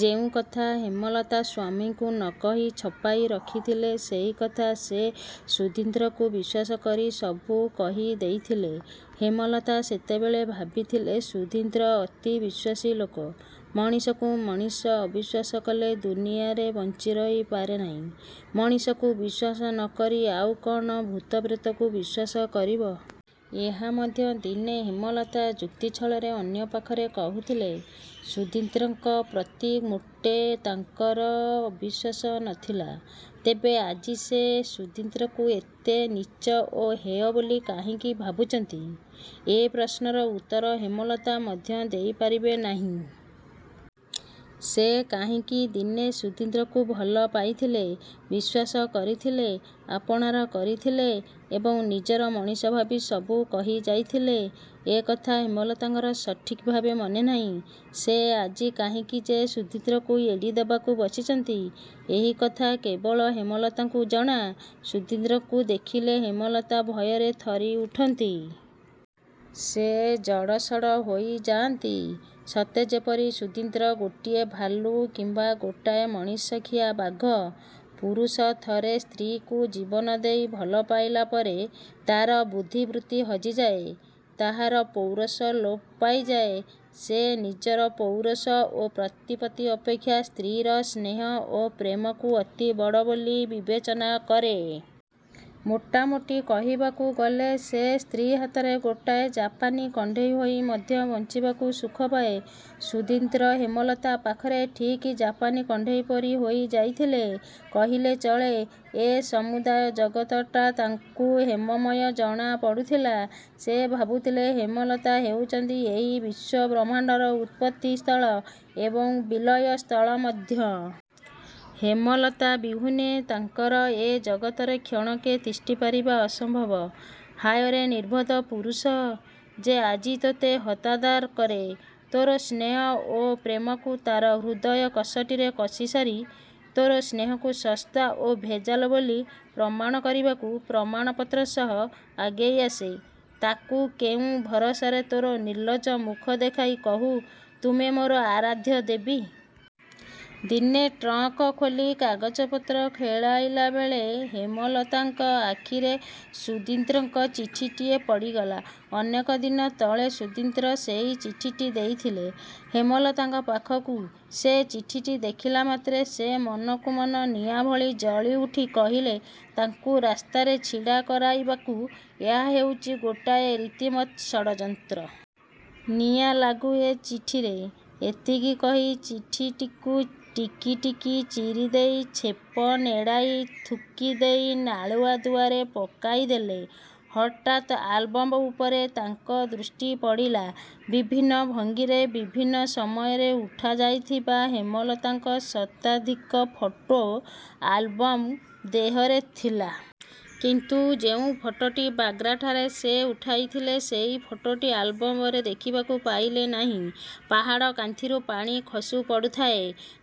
ଯେଉଁକଥା ହେମଲତା ସ୍ୱାମୀଙ୍କୁ ନ କହି ଛପାଇ ରଖିଥିଲେ, ସେହି କଥା ସେ ସୁଧୀନ୍ଦ୍ରକୁ ବିଶ୍ୱାସ କରି ସବୁ କହିଦେଇଥିଲେ। ହେମଲତା ସେତେବେଳେ ଭାବିଥିଲେ, ସୁଧୀନ୍ଦ୍ର ଅତି ବିଶ୍ୱାସୀ ଲୋକ। ମଣିଷକୁ ମଣିଷ ଅବିଶ୍ୱାସ କଲେ ଦୁନିଆରେ ବଞ୍ଚିରହି ପାରେନାହିଁ। ମଣିଷକୁ ବିଶ୍ୱାସ ନ କରି ଆଉ କ'ଣ ଭୂତପ୍ରେତକୁ ବିଶ୍ୱାସ କରିବ? ଏହା ମଧ୍ୟ ଦିନେ ହେମଲତା ଯୁକ୍ତି ଛଳରେ ଅନ୍ୟପାଖରେ କହୁଥିଲେ। ସୁଧୀନ୍ଦ୍ରଙ୍କ ପ୍ରତି ମୋଟେ ତାଙ୍କର ଅବିଶ୍ୱାସ ନ ଥିଲା। ତେବେ ଆଜି ସେ ସୁଧୀନ୍ଦ୍ରଙ୍କୁ ଏତେ ନୀଚ ଓ ହେୟ ବୋଲି କାହିଁକି ଭାବୁଛନ୍ତି? ଏ ପ୍ରଶ୍ନର ଉତ୍ତର ହେମଲତା ମଧ୍ୟ ଦେଇପାରିବେ ନାହିଁ। ସେ କାହିଁକି ଦିନେ ସୁଧୀନ୍ଦ୍ରକୁ ଭଲ ପାଇଥିଲେ, ବିଶ୍ୱାସ କରିଥିଲେ। ଆପଣାର କରିଥିଲେ ଏବଂ ନିଜର ମଣିଷ ଭାବି ସବୁ କହିଯାଇଥିଲେ, ଏକଥା ହେମଲତାଙ୍କର ସଠିକ୍ଭାବେ ମନେନାହିଁ। ସେ ଆଜି କାହିଁକି ଯେ। ସୁଧୀନ୍ଦ୍ରକୁ ଏଡ଼ିଦେବାକୁ ବସିଛନ୍ତି, ଏହିକଥା କେବଳ ହେମଲତାଙ୍କୁ ଜଣା। ସୁଧୀନ୍ଦ୍ରକୁ ଦେଖିଲେ ହେମଲତା ଭୟରେ ଥରିଉଠନ୍ତି। ସେ ଜଡ଼ସଡ଼ ହୋଇଯାଆନ୍ତି। ସତେଯେପରି ସୁଧୀନ୍ଦ୍ର ଗୋଟାଏ ଭାଲୁ କିମ୍ବା ଗୋଟାଏ ମଣିଷଖିଆ ବାଘ। ପୁରୁଷ ଥରେ ସ୍ତ୍ରୀକୁ ଜୀବନଦେଇ ଭଲ ପାଇଲା ପରେ ତା'ର ବୁଦ୍ଧିବୃତ୍ତି ହଜିଯାଏ। ତାହାର ପୌରୁଷ ଲୋପ ପାଇଯାଏ। ସେ ନିଜର ପୌରୁଷ ଓ ପ୍ରତିପତ୍ତି ଅପେକ୍ଷା ସ୍ତ୍ରୀର ସ୍ନେହ ଓ ପ୍ରେମକୁ ଅତି ବଡ଼ ବୋଲି ବିବେଚନା କରେ। ମୋଟାମୋଟି କହିବାକୁ ଗଲେ ସେ ସ୍ତ୍ରୀ ହାତରେ ଗୋଟାଏ ଜାପାନୀ କଣ୍ଢେଇ ହୋଇ ମଧ୍ୟ ବଞ୍ଚିବାକୁ ସୁଖପାଏ। ସୁଧୀନ୍ଦ୍ର ହେମଲତା ପାଖରେ ଠିକ୍ ଜାପାନୀ କଣ୍ଢେଇ ପରି ହୋଇଯାଇଥିଲେ କହିଲେ ଚଳେ। ଏ ସମୁଦାୟ ଜଗତଟା ତାଙ୍କୁ ହେମମୟ ଜଣାପଡ଼ୁଥିଲା। ସେ ଭାବୁଥିଲେ ହେମଲତା ହେଉଛନ୍ତି ଏହି ବିଶ୍ୱବ୍ରହ୍ମାଣ୍ଡର ଉତ୍ପତ୍ତି ସ୍ଥଳ ଏବଂ ବିଲୟ ସ୍ଥଳ ମଧ୍ୟ। ହେମଲତା ବିହୁନେ ତାଙ୍କର ଏ ଜଗତରେ କ୍ଷଣକେ ତିଷ୍ଠିପାରିବା ଅସମ୍ଭବ। ହାୟରେ ନିର୍ବୋଧ ପୁରୁଷ! ଯେ ଆଜି ତୋତେ ହତାଦର କରେ, ତୋର ସ୍ନେହ ଓ ପ୍ରେମକୁ ତା'ର ହୃଦୟ କଷଟିରେ କଷିସାରି ତୋର ସ୍ନେହକୁ ଶସ୍ତା ଓ ଭେଜାଲ ବୋଲି ପ୍ରମାଣ କରିବାକୁ ପ୍ରମାଣପତ୍ର ସହ ଆଗେଇଆସେ, ତାକୁ କେଉଁ ଭରସାରେ ତୋର ନିର୍ଲଜ ମୁଖ ଦେଖାଇ କହୁ, ''ତୁମେ ମୋର ଆରାଧ୍ୟ ଦେବୀ? '' ଦିନେ ଟ୍ରଙ୍କ୍ ଖୋଲି କାଗଜପତ୍ର ଖେଳାଇଲା ବେଳେ ହେମଲତାଙ୍କ ଆଖିରେ ସୁଧୀନ୍ଦ୍ରଙ୍କ ଚିଠିଟିଏ ପଡ଼ିଗଲା। ଅନେକ ଦିନ ତଳେ ସୁଧୀନ୍ଦ୍ର ସେହି ଚିଠିଟି ଦେଇଥିଲେ ହେମଲତାଙ୍କ ପାଖକୁ-। ସେ ଚିଠିଟି ଦେଖିଲା ମାତ୍ରେ ସେ ମନକୁ ମନ ନିଆଁ ଭଳି ଜଳିଉଠି କହିଲେ, ''ତାଙ୍କୁ ରାସ୍ତାରେ ଛିଡ଼ା କରାଇବାକୁ ଏହା ହେଉଛି ଗୋଟାଏ ରୀତିମତ ଷଡ଼ଯନ୍ତ୍ର। ନିଆଁଲାଗୁ ଏ ଚିଠିରେ। '' ଏତିକି କହି ଚିଠିଟିକୁ ଟିକି ଟିକି ଚିରିଦେଇ ଛେପ ନେଡ଼ାଏ ଥୁକିଦେଇ ନାଳୁଆ ଦୁଆରେ ପକାଇ ଦେଲେ। ହଠାତ୍ ଆଲବମ୍ ଉପରେ ତାଙ୍କ ଦୃଷ୍ଟି ପଡ଼ିଲା। ବିଭିନ୍ନ ଭଙ୍ଗିରେ, ବିଭିନ୍ନ ସମୟରେ ଉଠାଯାଇଥିବା ହେମଲତାଙ୍କ ଶତାଧିକ ଫଟୋ ଆଲବମ୍ ଦେହରେ ଥିଲା। କିନ୍ତୁ ଯେଉଁ ଫଟୋଟି ବାଗ୍ରାଠାରେ ସେ ଉପଠାଇଥିଲେ ସେହି ଫଟୋଟି ଆଲବମରେ ଦେଖିବାକୁ ପାଇଲେ ନାହିଁ। ପାହାଡ଼ କାନ୍ଥିରୁ ପାଣି ଖସିପଡ଼ୁଥାଏ।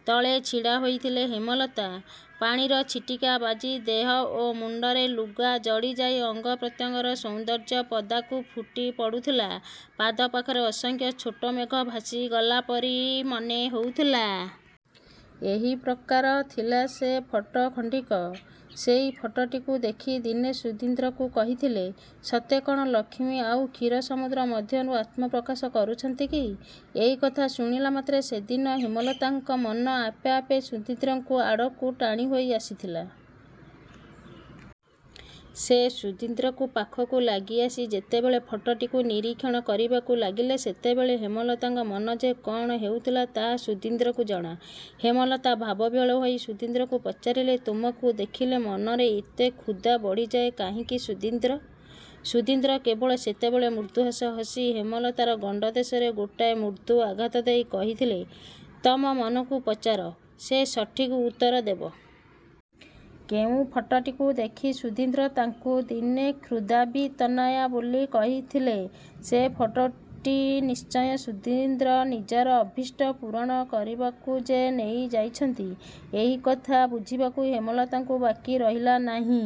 ତଳେ ଛିଡ଼ା ହୋଇଥିଲେ ହେମଲତା। ପାଣିର ଛିଟିକା ବାଜି ଦେହ ଓ ମୁଣ୍ଡରେ ଲୁଗା ଜଡ଼ିଯାଇ ଅଙ୍ଗପ୍ରତ୍ୟଙ୍ଗର ସୌନ୍ଦର୍ଯ୍ୟ ପଦାକୁ ଫୁଟିପଡ଼ୁଥିଲା। ପାଦ ପାଖରେ ଅସଂଖ୍ୟ ଛୋଟ ମେଘ ଭାସିଗଲାପରି ମନେହେଉଥିଲା। ଏହି ପ୍ରକାର ଥିଲା ସେ ଫଟୋ ଖଣ୍ଡିକ। ସେହି ଫଟୋଟିକୁ ଦେଖି ଦିନେ ସୁଧୀନ୍ଦ୍ର କହିଥିଲେ, ''ସତେ କ'ଣ ଲକ୍ଷ୍ମୀ ଆଉ କ୍ଷୀରସମୁଦ୍ର ମଧ୍ୟରୁ ଆତ୍ମପ୍ରକାଶ କରୁଛନ୍ତି କି? '' ଏହିକଥା ଶୁଣିଲାମାତ୍ରେ ସେଦିନ ହେମଲତାଙ୍କ ମନ ଆପେ ଆପେ ସୁଧୀନ୍ଦ୍ର ଆଡ଼କୁ ଟାଣିହୋଇ ଆସିଥିଲା। ସେ ସୁଧୀନ୍ଦ୍ର ପାଖକୁ ଲାଗିଆସି ଯେତେବେଳେ ଫଟୋଟିକୁ ନିରୀକ୍ଷଣ କରିବାକୁ ଲାଗିଲେ, ସେତେବେଳେ ହେମଲତାଙ୍କ ମନ ଯେ କ'ଣ ହେଉଥିଲା, ତାହା ସୁଧୀନ୍ଦ୍ରକୁ ଜଣା। ହେମଲତା ଭାବବିହ୍ୱଳ ହୋଇ ସୁଧୀନ୍ଦ୍ରକୁ ପଚାରିଲେ, ''ତୁମକୁ ଦେଖିଲେ ମନରେ ଏତେ କ୍ଷୁଧା ବଢ଼ିଯାଏ କାହିଁକି ସୁଧୀନ୍ଦ୍ର? '' ସୁଧୀନ୍ଦ୍ର କେବଳ ସେତେବେଳେ ମୃଦୁ ହସ ହସି ହେମଲତାର ଗଣ୍ଡ ଦେଶରେ ଗୋଟାଏ ମୃଦୁ ଆଘାତ ଦେଇ କହିଥିଲେ, ''ତମ ମନକୁ ପଚାର, ସେ ସଠିକ୍ ଉତ୍ତର ଦେବ। '' କେଉଁ ଫଟୋଟିକୁ ଦେଖି ସୁଧୀନ୍ଦ୍ର ତାଙ୍କୁ ଦିନେ କ୍ଷୀରାବ୍ଧି ତନୟା ବୋଲି କହିଥିଲେ ସେ ଫଟୋଟି ନିଶ୍ଚୟ ସୁଧୀନ୍ଦ୍ର ନିଜର ଅଭିଷ୍ଟ ପୂରଣ କରିବାକୁ ଯେ ନେଇଯାଇଛନ୍ତି, ଏହି କଥା ବୁଝିବାକୁ ହେମଲତାଙ୍କୁ ବାକିରହିଲା ନାହିଁ।